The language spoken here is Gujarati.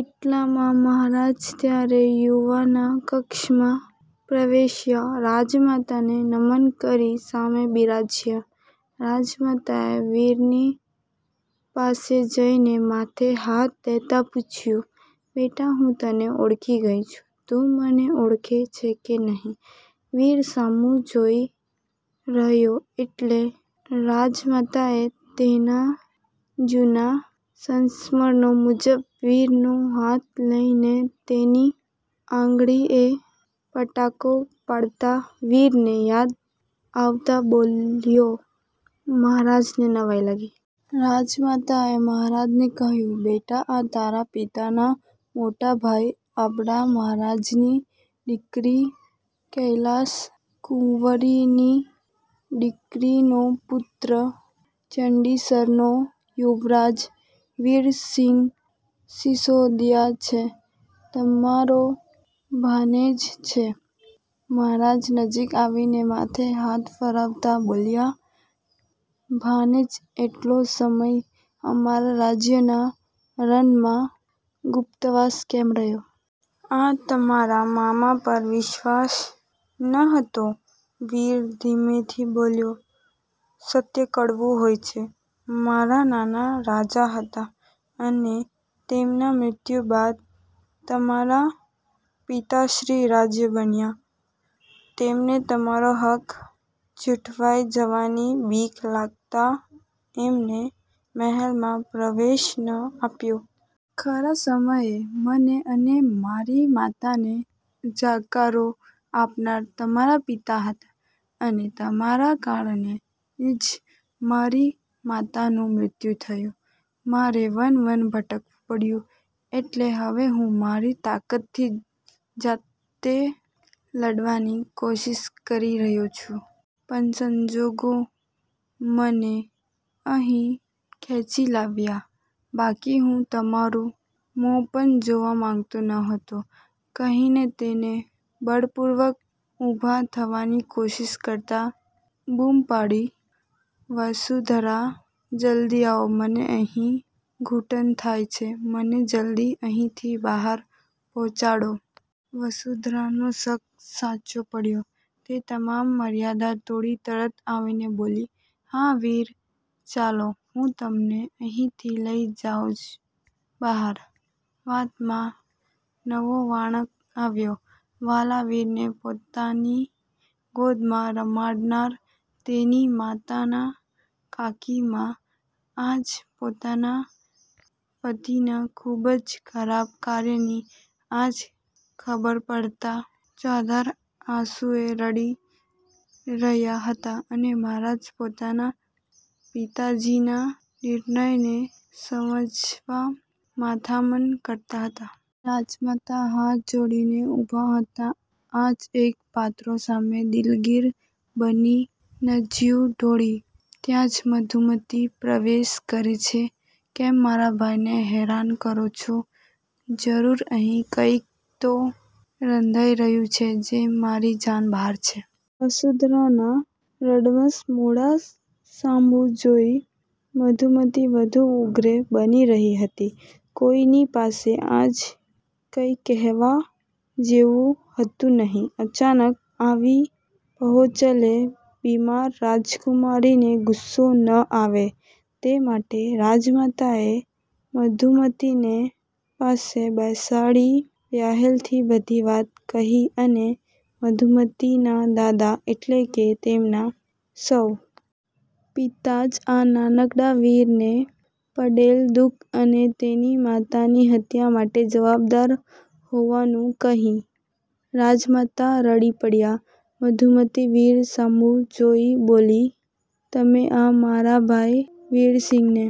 એટલામાં મહારાજ ત્યાંરે યુવાનના કક્ષમાં પ્રવેશ્યાં. રાજમાતાને નમન કરી સામે બિરાજ્યાં. રાજમાતાએ વીરની પાસે જઈને માથે હાથ દેતા પૂછ્યું,"બેટા હું તને ઓળખી ગઈ છું, તું મને ઓળખે છે કે નહીં?" વીર સામું જોઈ રહયો એટલે રાજમાતાએ તેનાં જુના સંસ્મરણો મુજબ વીરનો હાથ લઇને તેની આંગળીએ પટાકો પાડતાં વીરને યાદ આવતાં બોલ્યો, મહારાજને નવાઈ લાગી. રાજમાતાએ મહારાજને કહ્યું,"બેટા આ તારા પિતાનાં મોટાભાઈ આપડા મહારાજાની દિકરી કૈલાસકુંવરીની દીકરીનો પૂત્ર ચંડીસરનો યુવરાજ વીરસિંહ સીસોદીયા છે. તમારો ભાણેજ છે." મહારાજ નજીક આવીને માથે હાથ ફેરવતાં બોલ્યાં,"ભાણેજ આટલો સમય અમારા રાજ્યના રણમાં ગુપ્તવાસ કેમ રહ્યાં? આ તમારાં મામા પર વિશ્વાસ ન હતો?" વીર ધીમેથી બોલ્યો,"સત્ય કડવું હોય છે. મારાં નાનાં રાજા હતાં, અને તેમનાં મૃત્યુ બાદ તમારાં પિતાશ્રી રાજા બન્યાં. તેમણે તમારો હક ઝુંટવાઈ જવાની બીક લાગતાં અમને મહેલમાં પ્રવેશ ન આપ્યો. ખરાં સમયે મને અને મારી માતાને જાકારો આપનાર તમારાં પિતા હતાં, અને તમારાં કારણે જ મારી માતાનું મૃત્યુ થયું, મારે વન-વન ભટકવું પડ્યું. એટલે હવે હું મારી તાકતથી જાતે લડવાની કોશિશ કરી રહયો છું. પણ સંજોગો મને અહીં ખેંચી લાવ્યાં. બાકી હું તમારુ મો પણ જોવા માંગતો ન હતો." કહીને તેને બળપૂર્વક ઊભાં થવાની કોશિશ કરતાં બૂમ પાડી,"વસુંધરા જલ્દી આવો, મને અહીં ઘુટન થાય છે. મને જલ્દી અહીંથી બહાર પહોંચાડો." વસુંધરાનો શક સાચો પડ્યો તે તમામ મર્યાદા તોડી તરત આવીને બોલી,"હાં વીર ચાલો હું તમને અહીંથી લઈ જાવ બહાર." વાતમાં નવો વણાંક આવ્યો, વ્હાલા વીરને પોતાની ગોદમાં રમાડનાર તેની માતાનાં કાકીમા આજ પોતાનાં પતિનાં ખુબ જ ખરાબ કાર્યની આજ ખબર પડતાં ચોધાર આંસુએ રડી રહ્યાં હતાં, અને મહારાજ પોતાનાં પિતાજીના નિર્ણયને સમજવા મથામણ કરતાં હતાં. રાજમાતા હાથ જોડીને ઊભાં હતાં આજ એક પાત્ર સામે દિલગીર બનીને જીવ ઢોળ્યું. ત્યાં જ મધુમતી પ્રવેશ કરે છે,"કેમ મારા ભાઈને હેરાન કરો છો? જરૂર અહીં કાંઈક તો રંધાઈ રહ્યુ છે, જે મારી જાણ બહાર છે." વસુંધરાના રડમશ મોઢા સામું જોઈ મધુમતી વઘુ ઊગ્રે બની રહી હતી. કોઈની પાસે આજ કાંઈ કહેવા જેવું હતું નહીં. અચાનક આવી પહોંચેલ બીમાર રાજકુમારીને ગુસ્સો ન આવે તે માટે રાજમાતાએ મધુમતીને પાસે બેસાડી વ્હાલથી બધી વાત કહી અને મધુમતીનાં દાદા એટલે કે તેમનાં સ્વ. પિતાજ આ નાનકડાં વીરને પડેલ દુખ અને તેની માતાની હત્યા માટે જવાબદાર હોવાનું કહી રાજમાતા રડી પડ્યાં. મધુમતી વીર સામું જોઈ બોલી,"તમે આ મારા ભાઈ વીરસિંહને